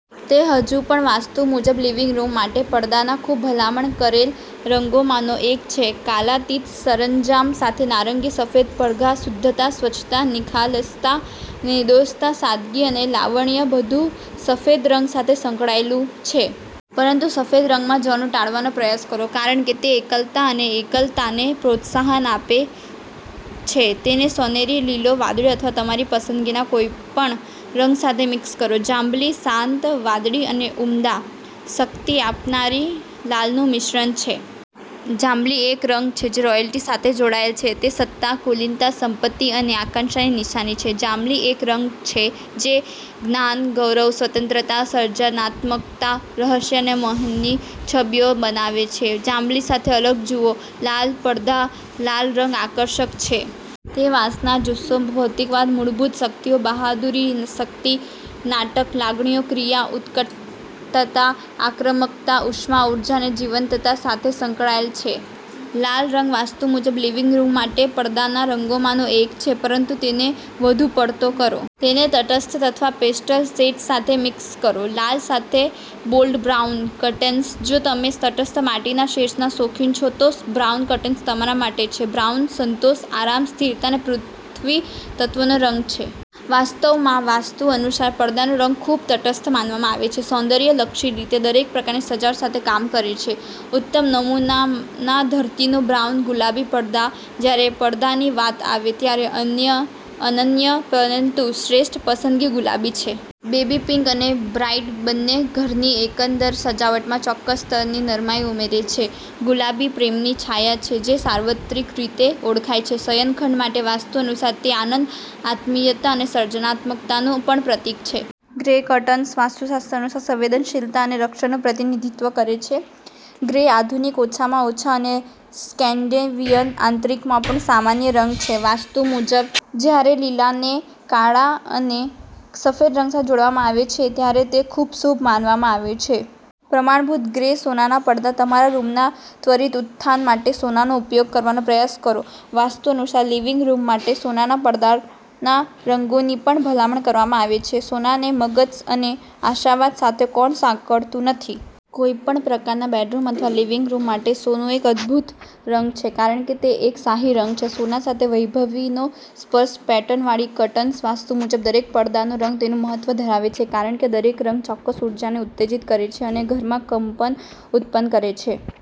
તે હજુ પણ વાસ્તુ મુજબ લિવિંગ રૂમ માટે પડદાના ખૂબ ભલામણ કરેલ રંગોમાંનો એક છે. કાલાતીત સરંજામ સાથે નારંગી સફેદ પડધા શુદ્ધતા, સ્વચ્છતા, નિખાલસતા, નિર્દોષતા, સાદગી અને લાવણ્ય બધું સફેદ રંગ સાથે સંકળાયેલું છે. પરંતુ સફેદ રંગમાં જવાનું ટાળવાનો પ્રયાસ કરો કારણ કે તે એકલતા અને એકલતાને પ્રોત્સાહન આપે છે. તેને સોનેરી, લીલો, વાદળી અથવા તમારી પસંદગીના કોઈપણ રંગ સાથે મિક્સ કરો. જાંબલી શાંત વાદળી અને ઉમદા, શક્તિ આપનારી લાલનું મિશ્રણ છે. જાંબલી એક રંગ છે જે રોયલ્ટી સાથે જોડાયેલ છે. તે સત્તા, કુલીનતા, સંપત્તિ અને આકાંક્ષાની નિશાની છે. જાંબલી એક રંગ છે જે જ્ઞાન, ગૌરવ, સ્વતંત્રતા, સર્જનાત્મકતા, રહસ્ય અને મોહની છબીઓ બનાવે છે. જાંબલી સાથે અલગ જુઓ, લાલ પડધા લાલ રંગ આકર્ષક છે. તે વાસના, જુસ્સો, ભૌતિકવાદ, મૂળભૂત શક્તિઓ, બહાદુરી, શક્તિ, નાટક, લાગણીઓ, ક્રિયા, ઉત્કટતા, આક્રમકતા, ઉષ્મા, ઉર્જા અને જીવંતતા સાથે સંકળાયેલ છે. લાલ રંગ વાસ્તુ મુજબ લિવિંગ રૂમ માટે પડદાના રંગોમાંનો એક છે પરંતુ તેને વધુ પડતો કરો. તેને તટસ્થ અથવા પેસ્ટલ શેડ્સ સાથે મિક્સ કરો. લાલ સાથે બોલ્ડ બ્રાઉન કર્ટેન્સ જો તમે તટસ્થ માટીના શેડ્સના શોખીન છો, તો બ્રાઉન કર્ટેન્સ તમારા માટે છે. બ્રાઉન સંતોષ, આરામ, સ્થિરતા અને પૃથ્વી તત્વનો રંગ છે. વાસ્તવમાં, વાસ્તુ અનુસાર પડદાનો રંગ ખૂબ તટસ્થ માનવામાં આવે છે અને સૌંદર્યલક્ષી રીતે દરેક પ્રકારની સજાવટ સાથે કામ કરે છે. ઉત્તમ નમૂનાના ધરતીનું બ્રાઉન ગુલાબી પડધા જ્યારે પડદાની વાત આવે ત્યારે અન્ય અનન્ય પરંતુ શ્રેષ્ઠ પસંદગી ગુલાબી છે. બેબી પિંક અને બ્રાઈટ બંને ઘરની એકંદર સજાવટમાં ચોક્કસ સ્તરની નરમાઈ ઉમેરે છે. ગુલાબી પ્રેમની છાયા છે જે સાર્વત્રિક રીતે ઓળખાય છે. શયનખંડ માટે વાસ્તુ અનુસાર તે આનંદ, આત્મીયતા અને સર્જનાત્મકતાનું પણ પ્રતીક છે. ગ્રે કર્ટેન્સ વાસ્તુશાસ્ત્ર અનુસાર સંવેદનશીલતા અને રક્ષણનું પ્રતિનિધિત્વ કરે છે. ગ્રે આધુનિક, ઓછામાં ઓછા અને સ્કેન્ડિનેવિયન આંતરિકમાં પણ સામાન્ય રંગ છે. વાસ્તુ મુજબ, જ્યારે લીલાને કાળા અને સફેદ રંગ સાથે જોડવામાં આવે છે, ત્યારે તે ખૂબ શુભ માનવામાં આવે છે. પ્રમાણભૂત ગ્રે સોનાના પડદા તમારા રૂમના ત્વરિત ઉત્થાન માટે, સોનાનો ઉપયોગ કરવાનો પ્રયાસ કરો. વાસ્તુ અનુસાર લિવિંગ રૂમ માટે સોનાના પડદાના રંગોની પણ ભલામણ કરવામાં આવે છે. સોનાને મગજ અને આશાવાદ સાથે કોણ સાંકળતું નથી? કોઈપણ પ્રકારના બેડરૂમ અથવા લિવિંગ રૂમ માટે સોનું એક અદ્ભુત રંગ છે કારણ કે તે એક શાહી રંગ છે. સોના સાથે વૈભવીનો સ્પર્શ પેટર્ન વાળી કર્ટેન્સ વાસ્તુ મુજબ દરેક પડદાનો રંગ તેનું મહત્વ ધરાવે છે કારણ કે દરેક રંગ ચોક્કસ ઊર્જાને ઉત્તેજીત કરે છે અને ઘરમાં કંપન ઉત્પન્ન કરે.